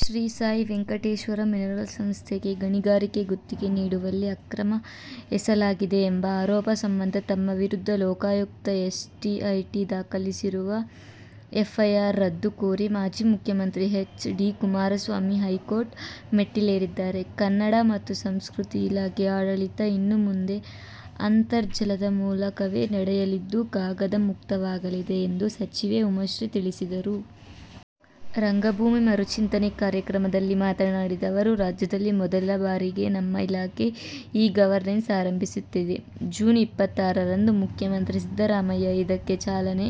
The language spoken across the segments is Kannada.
ಶ್ರೀ ಸಾಯಿ ವೆಂಕಟೇಶ್ವರ ಮಿನರಲ್ಸ್ ಸಂಸ್ಥೆಗೆ ಗಣಿಗಾರಿಕೆ ಗುತ್ತಿಗೆ ನೀಡುವಲ್ಲಿ ಅಕ್ರಮ ಎಸಲಾಗಿದೆ ಎಂಬ ಆರೋಪ ಸಂಬಂಧ ತಮ್ಮ ವಿರುದ್ಧ ಲೋಕಾಯುಕ್ತ ಎಸ್ಐಟಿ ದಾಖಲಿಸಿರುವ ಎಫ್ಐಆರ್ ರದ್ದು ಕೋರಿ ಮಾಜಿ ಮುಖ್ಯಮಂತ್ರಿ ಎಚ್. ಡಿ. ಕುಮಾರಸ್ವಾಮಿ ಹೈಕೋರ್ಟ್ ಮೆಟ್ಟಿಲೇರಿದ್ದಾರೆ. ಕನ್ನಡ ಮತ್ತು ಸಂಸ್ಕೃತಿ ಇಲಾಖೆ ಆಡಳಿತ ಇನ್ನು ಮುಂದೆ ಅಂತರ್ಜಾಲದ ಮೂಲಕವೇ ನಡೆಯಲಿದ್ದು ಕಾಗದ ಮುಕ್ತವಾಗಲಿದೆ ಎಂದು ಸಚಿವೆ ಉಮಾಶ್ರೀ ತಿಳಿಸಿದರು. "ರಂಗಭೂಮಿ ಮರುಚಿಂತನೆ' ಕಾರ್ಯಕ್ರಮದಲ್ಲಿ ಮಾತನಾಡಿದ ಅವರು, ರಾಜ್ಯದಲ್ಲಿ ಮೊದಲ ಬಾರಿಗೆ ನಮ್ಮ ಇಲಾಖೆ ಇ-ಗವರ್ನನ್ಸ್ ಆರಂಭಿಸುತ್ತಿದೆ. ಜೂನ್ ಇಪ್ಪತ್ತಾರರಂದು ಮುಖ್ಯಮಂತ್ರಿ ಸಿದ್ದರಾಮಯ್ಯ ಇದಕ್ಕೆ ಚಾಲನೆ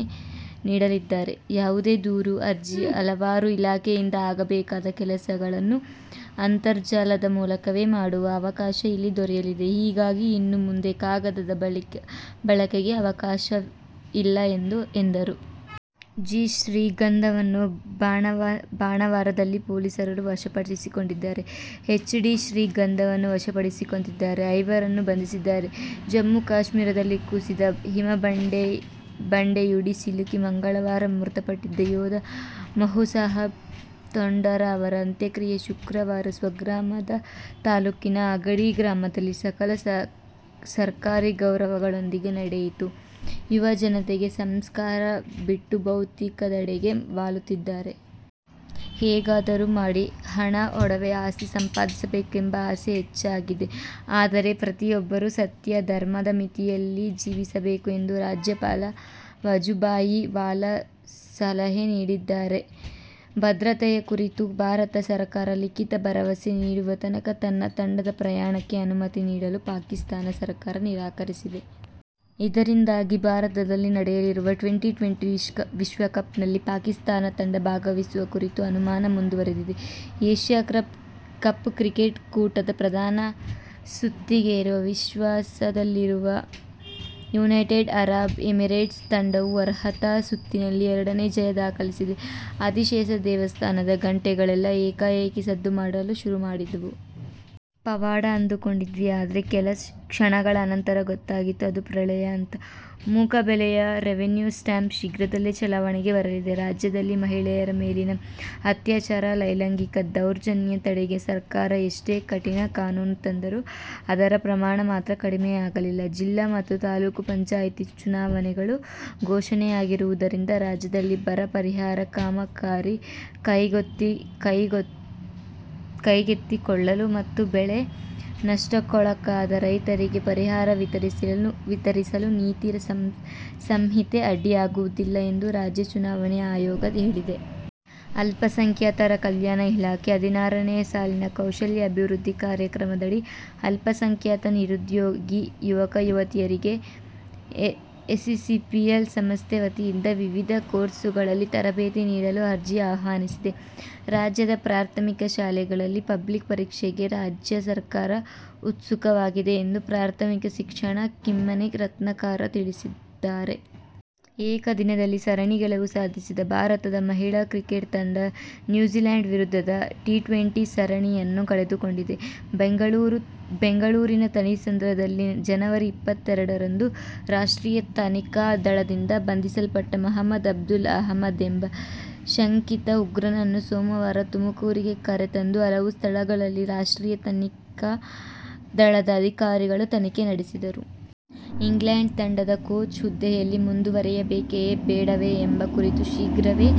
ನೀಡಲಿದ್ದಾರೆ. ಯಾವುದೇ ದೂರು, ಅರ್ಜಿ, ಅಹವಾಲು, ಇಲಾಖೆಯಿಂದ ಆಗಬೇಕಾದ ಕೆಲಸಗಳನ್ನು ಅಂತರ್ಜಾಲದ ಮೂಲಕವೇ ಮಾಡುವ ಅವಕಾಶ ಇಲ್ಲಿ ದೊರೆಯಲಿದೆ. ಹೀಗಾಗಿ ಇನ್ನು ಮುಂದೆ ಕಾಗದದ ಬಳಕೆಗೆ ಅವಕಾಶ ಇಲ್ಲ ಎಂದರು. ಜಿ. ಶ್ರೀಗಂಧವನ್ನು ಬಾಣಾವರದಲ್ಲಿ ಪೊಲೀಸರು ವಶಪಡಿಸಿಕೊಂಡಿದ್ದಾರೆ. ಎಚ್. ಜಿ. ಶ್ರೀಗಂಧವನ್ನು ವಶ ಪಡಿಸಿಕೊಂಡಿದ್ದಾರೆ. ಐವರನ್ನು ಬಂಧಿಸಿದ್ದಾರೆ. ಜಮ್ಮು-ಕಾಶ್ಮೀರದಲ್ಲಿ ಕುಸಿದ ಹಿಮಬಂಡೆಯಡಿ ಸಿಲುಕಿ ಮಂಗಳವಾರ ಮೃತಪಟ್ಟಿದ್ದ ಯೋಧ ಮಾಬುಸಾಬ್ ತೊಂಡೂರ ಅವರ ಅಂತ್ಯಕ್ರಿಯೆ ಶುಕ್ರವಾರ ಸ್ವಗ್ರಾಮವಾದ ತಾಲೂಕಿನ ಅಗಡಿ ಗ್ರಾಮದಲ್ಲಿ ಸಕಲ ಸರ್ಕಾರಿ ಗೌರವಗಳೊಂದಿಗೆ ನಡೆಯಿತು. ಯುವ ಜನತೆ ಸಂಸ್ಕಾರ ಬಿಟ್ಟು ಭೌತಿಕದೆಡೆಗೆ ವಾಲುತ್ತಿದ್ದಾರೆ. ಹೇಗಾದರೂ ಮಾಡಿ ಹಣ, ಒಡವೆ, ಆಸ್ತಿ ಸಂಪಾದಿಸಬೇಕೆಂಬ ಆಸೆ ಹೆಚ್ಚಾಗಿದೆ. ಆದರೆ, ಪ್ರತಿಯೊಬ್ಬರೂ ಸತ್ಯ, ಧರ್ಮದ ಮಿತಿಯಲ್ಲಿ ಜೀವಿಸಬೇಕು ಎಂದು ರಾಜ್ಯಪಾಲ ವಜೂಭಾಯಿ ವಾಲಾ ಸಲಹೆ ನೀಡಿದ್ದಾರೆ. ಭದ್ರತೆಯ ಕುರಿತು ಭಾರತ ಸರಕಾರ ಲಿಖಿತ ಭರವಸೆ ನೀಡುವತನಕ ತನ್ನ ತಂಡದ ಪ್ರಯಾಣಕ್ಕೆ ಅನುಮತಿ ನೀಡಲು ಪಾಕಿಸ್ಥಾನ ಸರಕಾರ ನಿರಾಕರಿಸಿದೆ. ಇದರಿಂದಾಗಿ ಭಾರತದಲ್ಲಿ ನಡೆಯಲಿರುವ ಟ್ವೆಂಟಿ-ಟ್ವೆಂಟಿ ವಿಶ್ವಕಪ್ನಲ್ಲಿ ಪಾಕಿಸ್ಥಾನ ತಂಡ ಭಾಗವಹಿಸುವ ಕುರಿತ ಅನುಮಾನ ಮುಂದುವರೆದಿದೆ. ಏಶ್ಯ ಕಪ್ ಕ್ರಿಕೆಟ್ ಕೂಟದ ಪ್ರಧಾನ ಸುತ್ತಿಗೇರುವ ವಿಶ್ವಾಸದಲ್ಲಿರುವ ಯುನೈಟೆಡ್ ಅರಬ್ ಎಮಿರೇಟ್ಸ್ ತಂಡವು ಅರ್ಹತಾ ಸುತ್ತಿನಲ್ಲಿ ಎರಡನೇ ಜಯ ದಾಖಲಿಸಿದೆ. "ಆದಿಶೇಷ ದೇವಸ್ಥಾನದ ಗಂಟೆಗಳೆಲ್ಲಾ ಏಕಾಏಕಿ ಸದ್ದು ಮಾಡಲು ಶುರು ಮಾಡಿದ್ವು. ಪವಾಡ ಅಂದ್ಕೊಂಡಿದ್ವಿ. ಆದ್ರೆ ಕೆಲಕ್ಷಣಗಳ ಅನಂತರ ಗೊತ್ತಾಗಿದ್ದು ಅದು ಪ್ರಳಯ ಅಂತ. ಮುಖಬೆಲೆಯ ರೆವಿನ್ಯೂ ಸ್ಟಾಂಪ್ ಶೀಘ್ರದಲ್ಲೇ ಚಲಾವಣೆಗೆ ಬರಲಿದೆ. ರಾಜ್ಯದಲ್ಲಿ ಮಹಿಳೆಯರ ಮೇಲಿನ ಅತ್ಯಾಚಾರ, ಲೈಂಗಿಕ ದೌರ್ಜನ್ಯ ತಡೆಗೆ ಸರ್ಕಾರ ಎಷ್ಟೇ ಕಠಿಣ ಕಾನೂನು ತಂದರೂ ಅದರ ಪ್ರಮಾಣ ಮಾತ್ರ ಕಡಿಮೆಯಾಗಿಲ್ಲ. ಜಿಲ್ಲಾ ಮತ್ತು ತಾಲೂಕು ಪಂಚಾಯ್ತಿ ಚುನಾವಣೆಗಳು ಘೋಷಣೆಯಾಗಿರುವುದರಿಂದ ರಾಜ್ಯದಲ್ಲಿ ಬರ ಪರಿಹಾರ ಕಾಮಗಾರಿ ಕೈಗೆತ್ತಿಕೊಳ್ಳಲು ಮತ್ತು ಬೆಳೆ ನಷ್ಟಕ್ಕೊಳಗಾದ ರೈತರಿಗೆ ಪರಿಹಾರ ವಿತರಿಸಲು ನೀತಿ ಸಂಹಿತೆ ಅಡ್ಡಿಯಾಗುವುದಿಲ್ಲ ಎಂದು ರಾಜ್ಯ ಚುನಾವಣಾ ಆಯೋಗ ಹೇಳಿದೆ. ಅಲ್ಪಸಂಖ್ಯಾತರ ಕಲ್ಯಾಣ ಇಲಾಖೆ ಹದಿನಾರನೇ ಸಾಲಿನ ಕೌಶಲ್ಯ ಅಭಿವೃದ್ಧಿ ಕಾರ್ಯಕ್ರಮದಡಿ ಅಲ್ಪಸಂಖ್ಯಾತ ನಿರುದ್ಯೋಗಿ ಯುವಕ-ಯುವತಿಯರಿಗೆ ಎಸಿಸಿಪಿಎಲ್ ಸಂಸ್ಥೆ ವತಿಯಿಂದ ವಿವಿಧ ಕೋರ್ಸುಗಳಲ್ಲಿ ತರಬೇತಿ ನೀಡಲು ಅರ್ಜಿ ಆಹ್ವಾನಿಸಿದೆ. ರಾಜ್ಯದ ಪ್ರಾಥಮಿಕ ಶಾಲೆಗಳಲ್ಲಿ ಪಬ್ಲಿಕ್ ಪರೀಕ್ಷೆಗೆ ರಾಜ್ಯ ಸರ್ಕಾರ ಉತ್ಸುಕವಾಗಿದೆ ಎಂದು ಪ್ರಾಥಮಿಕ ಶಿಕ್ಷಣ ಕಿಮ್ಮನೆ ರತ್ನಾಕರ ತಿಳಿಸಿದ್ದಾರೆ. ಏಕದಿನದಲ್ಲಿ ಸರಣಿ ಗೆಲುವು ಸಾಧಿಸಿದ್ದ ಭಾರತ ಮಹಿಳಾ ಕ್ರಿಕೆಟ್ ತಂಡ ನ್ಯೂಜಿಲ್ಯಾಂಡ್ ವಿರುದ್ಧದ ಟಿ-ಟ್ವೆಂಟಿ ಸರಣಿಯನ್ನು ಕಳೆದುಕೊಂಡಿದೆ. ಬೆಂಗಳೂರಿನ ಥಣಿಸಂದ್ರದಲ್ಲಿ ಜನವರಿ ಇಪ್ಪತ್ತೆರಡರಂದು ರಾಷ್ಟ್ರೀಯ ತನಿಖಾ ದಳದಿಂದ ಬಂಧಿಸಲ್ಪಟ್ಟಿದ್ದ ಮಹಮದ್ ಅಬ್ದುಲ್ ಅಹಮದ್ ಎಂಬ ಶಂಕಿತ ಉಗ್ರನನ್ನು ಸೋಮವಾರ ತುಮಕೂರಿಗೆ ಕರೆತಂದು ಹಲವು ಸ್ಥಳಗಳಲ್ಲಿ ರಾಷ್ಟ್ರೀಯ ತನಿಖಾ ದಳದ ಅಧಿಕಾರಿಗಳು ತನಿಖೆ ನಡೆಸಿದರು. ಇಂಗ್ಲಂಡ್ ತಂಡದ ಕೋಚ್ ಹುದ್ದೆಯಲ್ಲಿ ಮುಂದುವರಿಯಬೇಕೇ ಬೇಡವೇ ಎಂಬ ಕುರಿತು ಶೀಘ್ರವೇ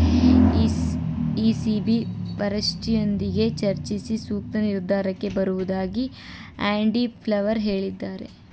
ಇಸಿಬಿ ವರಿಷ್ಠರೊಂದಿಗೆ ಚರ್ಚಿಸಿ ಸೂಕ್ತ ನಿರ್ಧಾರಕ್ಕೆ ಬರುವುದಾಗಿ ಆ್ಯಂಡಿ ಫ್ಲವರ್ ಹೇಳಿದ್ದಾರೆ.